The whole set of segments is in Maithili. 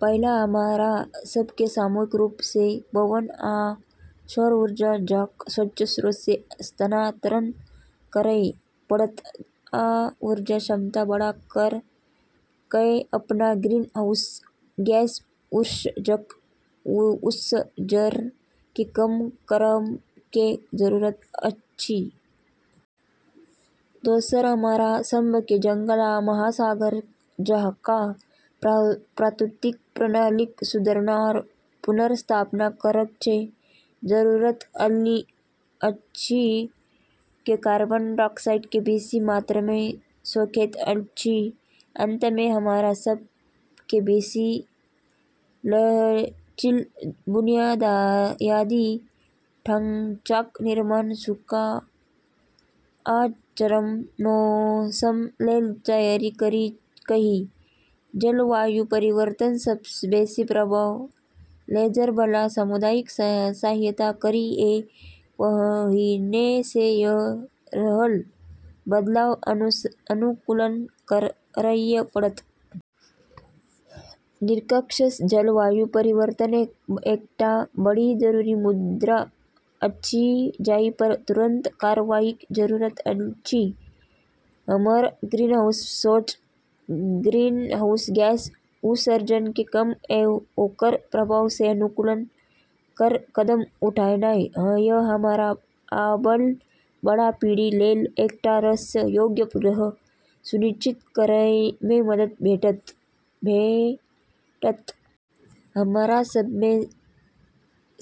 पहिल, हमरा सभ के सामूहिक रूप सँ पवन आ सौर ऊर्जा जकाँ स्वच्छ स्रोत मे स्थानांतरण करय पड़त, आ ऊर्जा दक्षता बढ़ा कए अपना ग्रीनहाउस गैस उत्सर्जन के कम करय के जरूरत अछि। दोसर, हमरा सभ के जंगल आ महासागर जकाँ प्राकृतिक प्रणालीक सुरक्षा आ पुनर्स्थापना करय के जरूरत अछि, जे कार्बन डाइऑक्साइड के बेसी मात्रा मे सोखैत अछि। अंत मे, हमरा सभ के बेसी लचील बुनियादी ढांचाक निर्माण, सूखा आ चरम मौसम लेल तैयारी करी कए, आ जलवायु परिवर्तनक सबसँ बेसी प्रभाव झेलय बला समुदायक सहायता करी कए पहिने सँ भ रहल बदलाव सँ अनुकूलन करय पड़त। निष्कर्षतः जलवायु परिवर्तन एकटा बड्ड जरूरी मुद्दा अछि जाहि पर तुरंत कार्रवाईक जरूरत अछि। हमर ग्रीनहाउस गैस उत्सर्जन के कम कए आ ओकर प्रभाव सँ अनुकूलन कए कदम उठेनाइ सँ हमरा आबय बला पीढ़ी लेल एकटा रहय योग्य ग्रह सुनिश्चित करय मे मदद भेटत। हमरा सभ मे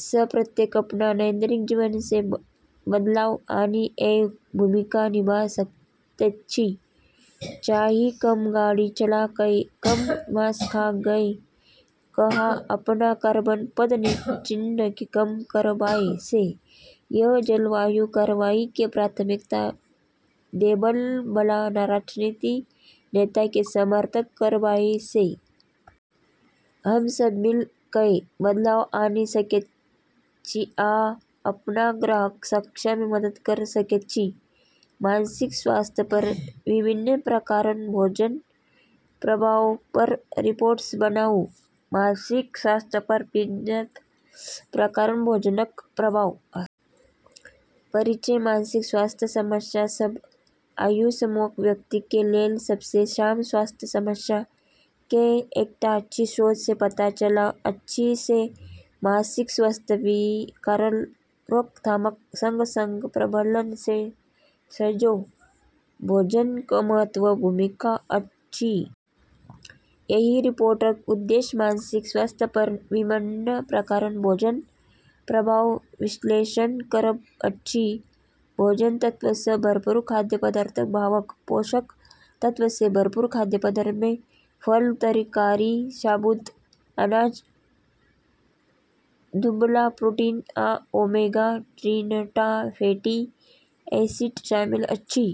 सँ प्रत्येक अपना दैनिक जीवन मे बदलाव आनि कए भूमिका निभा सकैत छी, चाहे कम गाड़ी चला कए या कम मांस खा कए अपना कार्बन पदचिह्न के कम करबाक सँ, या जलवायु कार्रवाई के प्राथमिकता देबय बला राजनीतिक नेता के समर्थन करबाक सँ। हम सभ मिल कए बदलाव आनि सकैत छी आ अपना ग्रहक रक्षा मे मदद कए सकैत छी। मानसिक स्वास्थ्य पर विभिन्न प्रकारक भोजनक प्रभाव पर रिपोर्ट बनाउ। मानसिक स्वास्थ्य पर विभिन्न प्रकारक भोजनक प्रभाव। परिचय: मानसिक स्वास्थ्य समस्या सभ आयु समूहक व्यक्तिक लेल सबसँ आम स्वास्थ्य समस्या मे सँ एकटा अछि। शोध सँ पता चलल अछि जे मानसिक स्वास्थ्य विकारक रोकथामक संग-संग प्रबंधन मे सेहो भोजनक महत्वपूर्ण भूमिका अछि। एहि रिपोर्टक उद्देश्य मानसिक स्वास्थ्य पर विभिन्न प्रकारक भोजनक प्रभावक विश्लेषण करब अछि। पोषक तत्व सँ भरपूर खाद्य पदार्थक प्रभाव: पोषक तत्व सँ भरपूर खाद्य पदार्थ मे फल, तरकारी, साबुत अनाज, दुबला प्रोटीन, आ ओमेगा-तिनटा फैटी एसिड शामिल अछि।